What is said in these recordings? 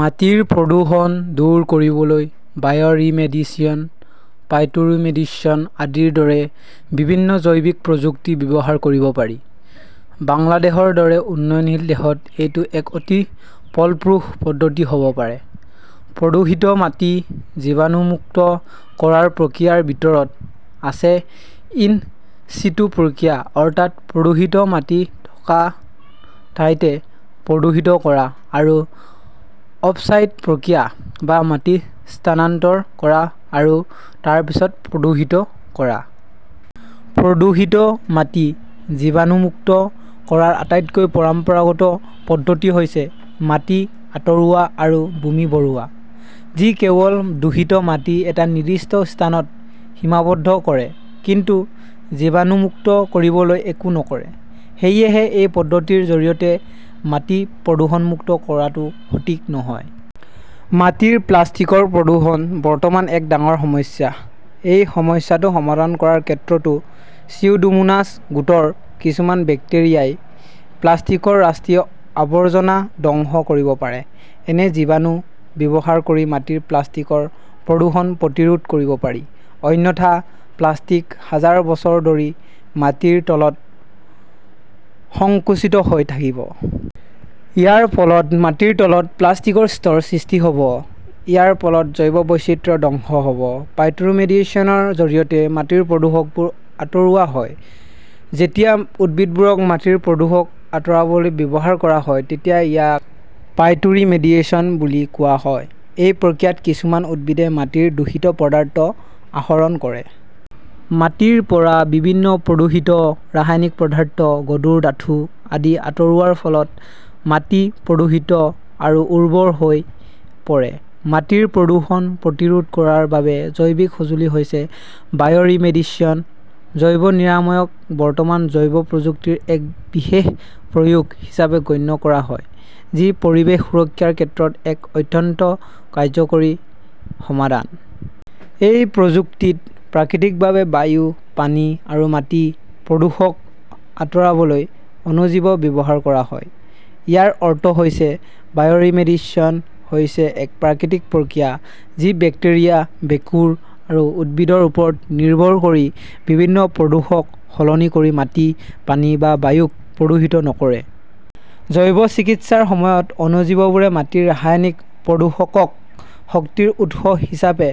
মাটিৰ প্ৰদূষণ দূৰ কৰিবলৈ বায়'ৰিমেডিশ্যন, ফাইটোৰিমেডিশ্যন আদিৰ দৰে বিভিন্ন জৈৱিক প্ৰযুক্তি ব্যৱহাৰ কৰিব পাৰি। বাংলাদেশৰ দৰে উন্নয়নশীল দেশত এইটো এক অতি ফলপ্ৰসূ পদ্ধতি হ'ব পাৰে। প্ৰদূষিত মাটি জীৱাণুমুক্ত কৰাৰ প্ৰক্ৰিয়াৰ ভিতৰত আছে ইন চিটু প্ৰক্ৰিয়া অৰ্থাৎ প্ৰদূষিত মাটি থকা ঠাইতে প্ৰদূষিত কৰা আৰু অফচাইট প্ৰক্ৰিয়া বা মাটি স্থানান্তৰ কৰা আৰু তাৰ পিছত প্ৰদূষিত কৰা। প্ৰদূষিত মাটি জীৱাণুমুক্ত কৰাৰ আটাইতকৈ পৰম্পৰাগত পদ্ধতি হৈছে মাটি আঁতৰোৱা আৰু ভূমি ভৰোৱা। যি কেৱল দূষিত মাটি এটা নিৰ্দিষ্ট স্থানত সীমাবদ্ধ কৰে, কিন্তু জীৱাণুমুক্ত কৰিবলৈ একো নকৰে। সেয়েহে, এই পদ্ধতিৰ জৰিয়তে মাটি প্ৰদূষণমুক্ত কৰাটো সঠিক নহয়। মাটিৰ প্লাষ্টিকৰ প্ৰদূষণ বৰ্তমান এক ডাঙৰ সমস্যা। এই সমস্যাটো সমাধান কৰাৰ ক্ষেত্ৰতো চিউডোমোনাছ গোটৰ কিছুমান বেক্টেৰিয়াই প্লাষ্টিকৰ ৰাষ্ট্ৰীয় আৱৰ্জনা ধ্বংস কৰিব পাৰে। এনে জীৱাণু ব্যৱহাৰ কৰি মাটিৰ প্লাষ্টিকৰ প্ৰদূষণ প্ৰতিৰোধ কৰিব পাৰি। অন্যথা প্লাষ্টিক হাজাৰ বছৰ ধৰি মাটিৰ তলত সংকুচিত হৈ থাকিব। ইয়াৰ ফলত মাটিৰ তলত প্লাষ্টিকৰ স্তৰ সৃষ্টি হ'ব, ইয়াৰ ফলত জৈৱ বৈচিত্ৰ্য ধ্বংস হ'ব। ফাইটোৰিমেডিয়েচনৰ জৰিয়তে মাটিৰ প্ৰদূষকবোৰ আঁতৰোৱা হয়। যেতিয়া উদ্ভিদবোৰক মাটিৰ প্ৰদূষক আঁতৰাবলৈ ব্যৱহাৰ কৰা হয়, তেতিয়া ইয়াক ফাইটোৰিমেডিশ্যন বুলি কোৱা হয়। এই প্ৰক্ৰিয়াত কিছুমান উদ্ভিদে মাটিৰ দূষিত পদাৰ্থ আহৰণ কৰে। মাটিৰ পৰা বিভিন্ন প্ৰদূষিত ৰাসায়নিক পদাৰ্থ, গধুৰ ধাতু আদি আঁতৰোৱাৰ ফলত মাটি প্ৰদূষিত আৰু উৰ্বৰ হৈ পৰে। মাটিৰ প্ৰদূষণ প্ৰতিৰোধ কৰাৰ বাবে জৈৱিক সঁজুলি হৈছে বায়'ৰিমেডিশ্যন। জৈৱ নিৰাময়ক বৰ্তমান জৈৱ প্ৰযুক্তিৰ এক বিশেষ প্ৰয়োগ হিচাপে গণ্য কৰা হয়, যি পৰিৱেশ সুৰক্ষাৰ ক্ষেত্ৰত এক অত্যন্ত কাৰ্যকৰী সমাধান। এই প্ৰযুক্তিত প্ৰাকৃতিকভাৱে বায়ু, পানী আৰু মাটি প্ৰদূষক আঁতৰাবলৈ অণুজীৱ ব্যৱহাৰ কৰা হয়। ইয়াৰ অৰ্থ হৈছে, বায়'ৰিমেডিশ্যন হৈছে এক প্ৰাকৃতিক প্ৰক্ৰিয়া যি বেক্টেৰিয়া, ভেঁকুৰ আৰু উদ্ভিদৰ ওপৰত নিৰ্ভৰ কৰি বিভিন্ন প্ৰদূষক সলনি কৰি মাটি, পানী বা বায়ুক প্ৰদূষিত নকৰে। জৈৱ-চিকিৎসাৰ সময়ত অণুজীৱবোৰে মাটিৰ ৰাসায়নিক প্ৰদূষকক শক্তিৰ উৎস হিচাপে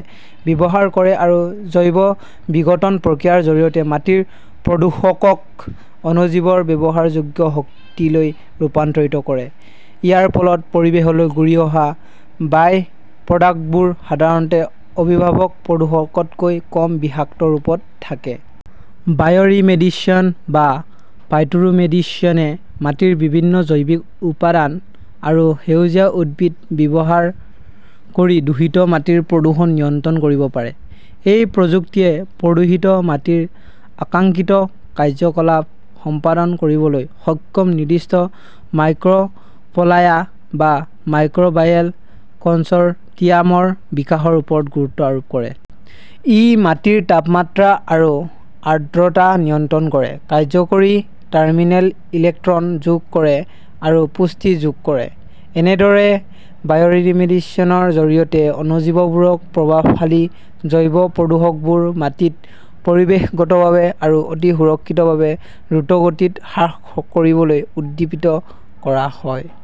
ব্যৱহাৰ কৰে আৰু জৈৱ-বিঘটন প্ৰতিক্ৰিয়াৰ জৰিয়তে মাটিৰ প্ৰদূষকক অণুজীৱৰ ব্যৱহাৰযোগ্য শক্তিলৈ ৰূপান্তৰিত কৰে। ইয়াৰ ফলত পৰিৱেশলৈ ঘূৰি অহা বাই প্ৰডাক্টবোৰ সাধাৰণতে অভিভাৱক প্ৰদূষকতকৈ কম বিষাক্ত ৰূপত থাকে। বায়'ৰিমেডিয়েচন বা ফাইটোৰিমেডিয়েচনে মাটিৰ বিভিন্ন জৈৱিক উপাদান আৰু সেউজীয়া উদ্ভিদ ব্যৱহাৰ কৰি দূষিত মাটিৰ প্ৰদূষণ নিয়ন্ত্ৰণ কৰিব পাৰে। এই প্ৰযুক্তিয়ে প্ৰদূষিত মাটিৰ আকাংক্ষিত কাৰ্য্যকলাপ সম্পাদন কৰিবলৈ সক্ষম নিৰ্দিষ্ট মাইক্ৰ'ফ্লায়া বা মাইক্ৰ'বায়েল কনচৰ্টিয়ামৰ বিকাশৰ ওপৰত গুৰুত্ব আৰোপ কৰে। ই মাটিৰ তাপমাত্ৰা আৰু আৰ্দ্ৰতা নিয়ন্ত্ৰণ কৰে, কাৰ্যকৰী টাৰ্মিনেল ইলেক্ট্ৰন যোগ কৰে আৰু পুষ্টি যোগ কৰে। এনেদৰে বায়'ৰিমেডিশ্যনৰ জৰিয়তে অণুজীৱবোৰক প্ৰভাৱশালী জৈৱ প্ৰদূষকবোৰ মাটিত পৰিৱেশগতভাৱে আৰু অতি সুৰক্ষিতভাৱে দ্ৰুতগতিত হ্ৰাস কৰিবলৈ উদ্দীপিত কৰা হয়।